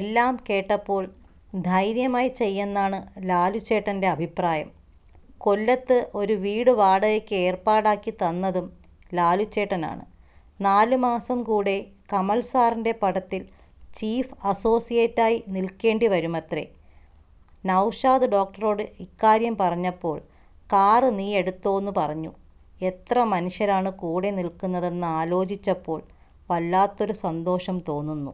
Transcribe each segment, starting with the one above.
എല്ലാം കേട്ടപ്പോൾ ധൈര്യമായി ചെയ്യെന്നാണ് ലാലുച്ചേട്ടന്റെ അഭിപ്രായം. കൊല്ലത്ത് ഒരു വീട് വാടകയ്ക്ക് ഏർപ്പാടാക്കി തന്നതും ലാലുച്ചേട്ടനാണ്. നാലുമാസം കൂടെ കമൽസാറിന്റെ പടത്തിൽ ചീഫ് അസോസിയേറ്റായി നിൽക്കേണ്ടി വരുമത്രേ. നൗഷാദ് ഡോക്ടറോട് ഇക്കാര്യം പറഞ്ഞപ്പോൾ 'കാറ് നീയെടുത്തോന്ന്' പറഞ്ഞു. എത്ര മനുഷ്യരാണ് കൂടെ നിൽക്കുന്നതെന്നു ആലോചിച്ചപ്പോൾ വല്ലാത്തൊരു സന്തോഷം തോന്നുന്നു.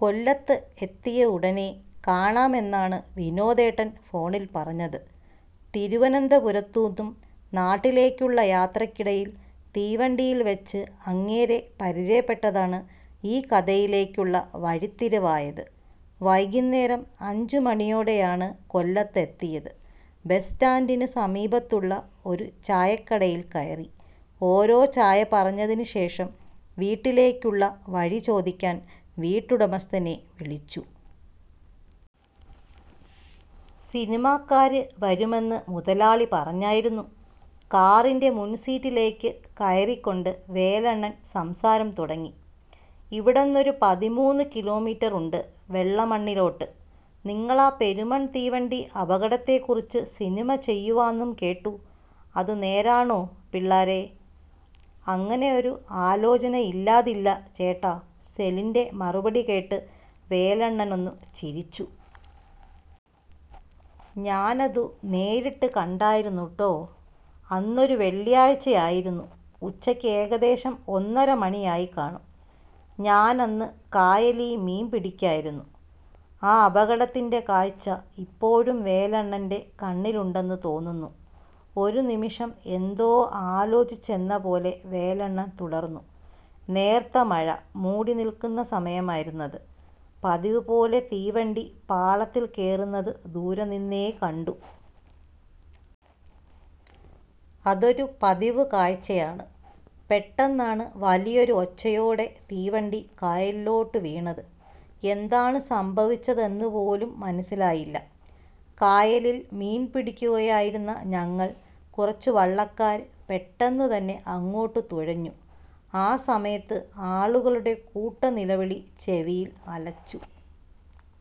കൊല്ലത്ത് എത്തിയ ഉടനെ കാണാമെന്നാണ് വിനോദേട്ടൻ ഫോണിൽ പറഞ്ഞത്. തിരുവനന്തപുരത്തുന്നും നാട്ടിലേക്കുള്ള യാത്രയ്ക്കിടയിൽ തീവണ്ടിയിൽ വെച്ച് അങ്ങേരെ പരിചയപ്പെട്ടതാണ് ഈ കഥയിലേക്കുള്ള വഴിത്തിരിവായത്. വൈകുന്നേരം അഞ്ചുമണിയോടെയാണ് കൊല്ലത്ത് എത്തിയത്. ബസ്സ്റ്റാന്റിനു സമീപത്തുള്ള ഒരു ചായക്കടയിൽ കയറി. ഓരോ ചായ പറഞ്ഞതിനു ശേഷം വീട്ടിലേക്കുള്ള വഴി ചോദിക്കാൻ വീട്ടുടമസ്ഥനെ വിളിച്ചു. സിനിമക്കാര് വരുമെന്ന് മൊതലാളി പറഞ്ഞായിരുന്നു. " കാറിന്റെ മുൻസീറ്റിലേക്ക് കയറിക്കൊണ്ട് വേലണ്ണൻ സംസാരം തുടങ്ങി. "ഇവിടെന്നൊരു പതിമൂന്നു കിലോമീറ്ററുണ്ട് വെള്ളമണ്ണിലോട്ട്. നിങ്ങളാ പെരുമൺ തീവണ്ടി അപകടത്തെക്കുറിച്ച് സിനിമ ചെയ്യുവാന്നും കേട്ടു. അതു നേരാണോ? പിള്ളാരെ" "അങ്ങനൊരു ആലോചനയില്ലാതില്ല ചേട്ടാ. " സെലിന്റെ മറുപടി കേട്ട് വേലണ്ണനൊന്നു ചിരിച്ചു. "ഞാനതു നേരിട്ട് കണ്ടായിരുന്നുട്ടോ... അന്നൊരു വെള്ളിയാഴ്ചയായിരുന്നു. ഉച്ചയ്ക്ക് ഏകദേശം ഒന്നര മണിയായിക്കാണും. ഞാനന്ന് കായലീ മീൻ പിടിക്കായിരുന്നു" ആ അപകടത്തിന്റെ കാഴ്ച ഇപ്പോഴും വേലണ്ണന്റെ കണ്ണിലുണ്ടെന്നു തോന്നുന്നു. ഒരുനിമിഷം എന്തോ ആലോചിച്ചെന്ന പോലെ വേലണ്ണൻ തുടർന്നു. "നേർത്ത മഴ മൂടിനിൽക്കുന്ന സമയമായിരുന്നത്. പതിവുപോലെ തീവണ്ടി പാളത്തിൽ കേറുന്നതു ദൂരെനിന്നേ കണ്ടു. അതൊരു പതിവു കാഴ്ചയാണ് പെട്ടന്നാണ് വലിയൊരു ഒച്ചയോടെ തീവണ്ടി കായലിലോട്ട് വീണത്. എന്താണു സംഭവിച്ചതെന്നു പോലും മനസിലായില്ല. കായലിൽ മീൻപിടിക്കുകയായിരുന്ന ഞങ്ങൾ കുറച്ചുവള്ളക്കാര് പെട്ടെന്നു തന്നെ അങ്ങോട്ടു തുഴഞ്ഞു. ആ സമയത്ത് ആളുകളുടെ കൂട്ടനിലവിളി ചെവിയിൽ അലച്ചു.